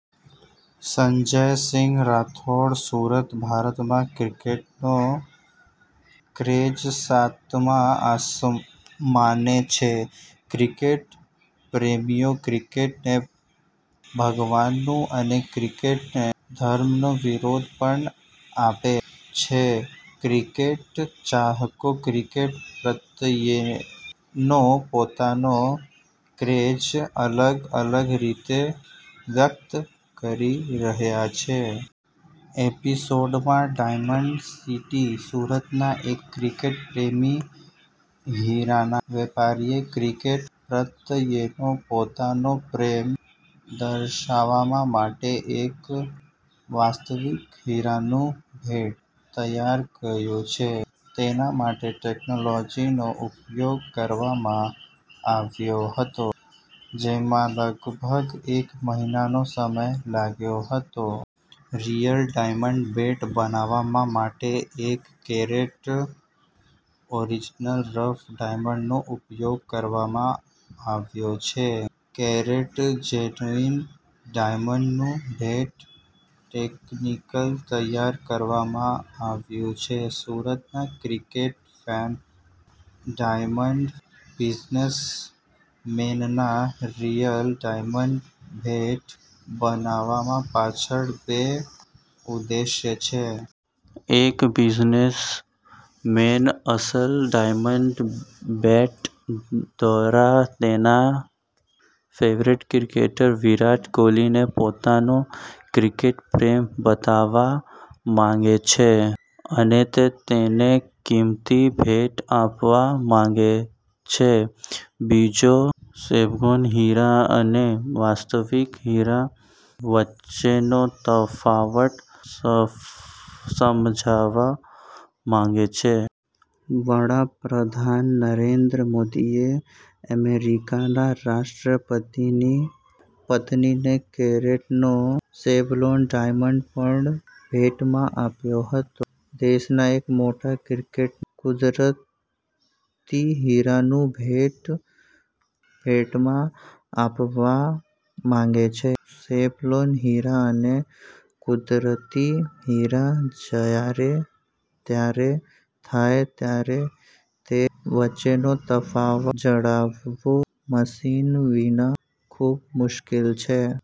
સંજયસિંહ રાઠોડ. સુરતઃ ભારતમાં ક્રિકેટનો ક્રેઝ સાતમા આસમાને છે. ક્રિકેટ પ્રેમીઓ ક્રિકેટરને ભગવાનનું અને ક્રિકેટને ધર્મનું બિરુદ પણ આપે છે. ક્રિકેટ ચાહકો ક્રિકેટ પ્રત્યેનો પોતાનો ક્રેઝ અલગ અલગ રીતે વ્યક્ત કરી રહ્યા છે. એપિસોડમાં ડાયમંડ સિટી સુરતના એક ક્રિકેટ પ્રેમી હીરાના વેપારીએ ક્રિકેટ પ્રત્યેનો પોતાનો પ્રેમ દર્શાવવા માટે એક વાસ્તવિક હીરાનું બેટ તૈયાર કર્યું છે. તેના માટે ટેક્નોલોજીનો ઉપયોગ કરવામાં આવ્યો હતો, જેમાં લગભગ એક મહિનાનો સમય લાગ્યો હતો. રિયલ ડાયમંડ બેટ બનાવવા માટે એક કેરેટ ઓરિજિનલ રફ ડાયમંડનો ઉપયોગ કરવામાં આવ્યો છે. કેરેટ જેન્યુઈન ડાયમંડનુંબેટ ટેકનિકલ તૈયાર કરવામાં આવ્યું છે. સુરતના ક્રિકેટ ફેન ડાયમંડ બિઝનેસમેનના રિયલ ડાયમંડ બેટ બનાવવા પાછળ બે ઉદ્દેશ્ય છે. એક બિઝનેસમેનઅસલ ડાયમંડ બેટ દ્વારા તેના ફેવરિટ ક્રિકેટર વિરાટ કોહલીને પોતાનો ક્રિકેટ પ્રેમ બતાવવા માંગે છે અને તે તેનેકિંમતી ભેટ આપવા માંગે છે. બીજો લેબગ્રોન હીરા અને વાસ્તવિક હીરા વચ્ચેનો તફાવત સમજાવવા માંગે છે. વડાપ્રધાન નરેન્દ્ર મોદીએ અમેરિકાના રાષ્ટ્રપતિની પત્નીને કેરેટનો લેબગ્રોન ડાયમંડ પણ ભેટમાં આપ્યો હતો. દેશના એક મોટા ક્રિકેટરને કુદરતી હીરાનું બેટ ભેટમાં આપવા માગે છે. લેબગ્રોન હીરા અને કુદરતી હીરા જ્યારે તૈયાર થાય ત્યારે તે વચ્ચેનો તફાવત જણાવવો મશીન વિના ખૂબમુશ્કેલ છે.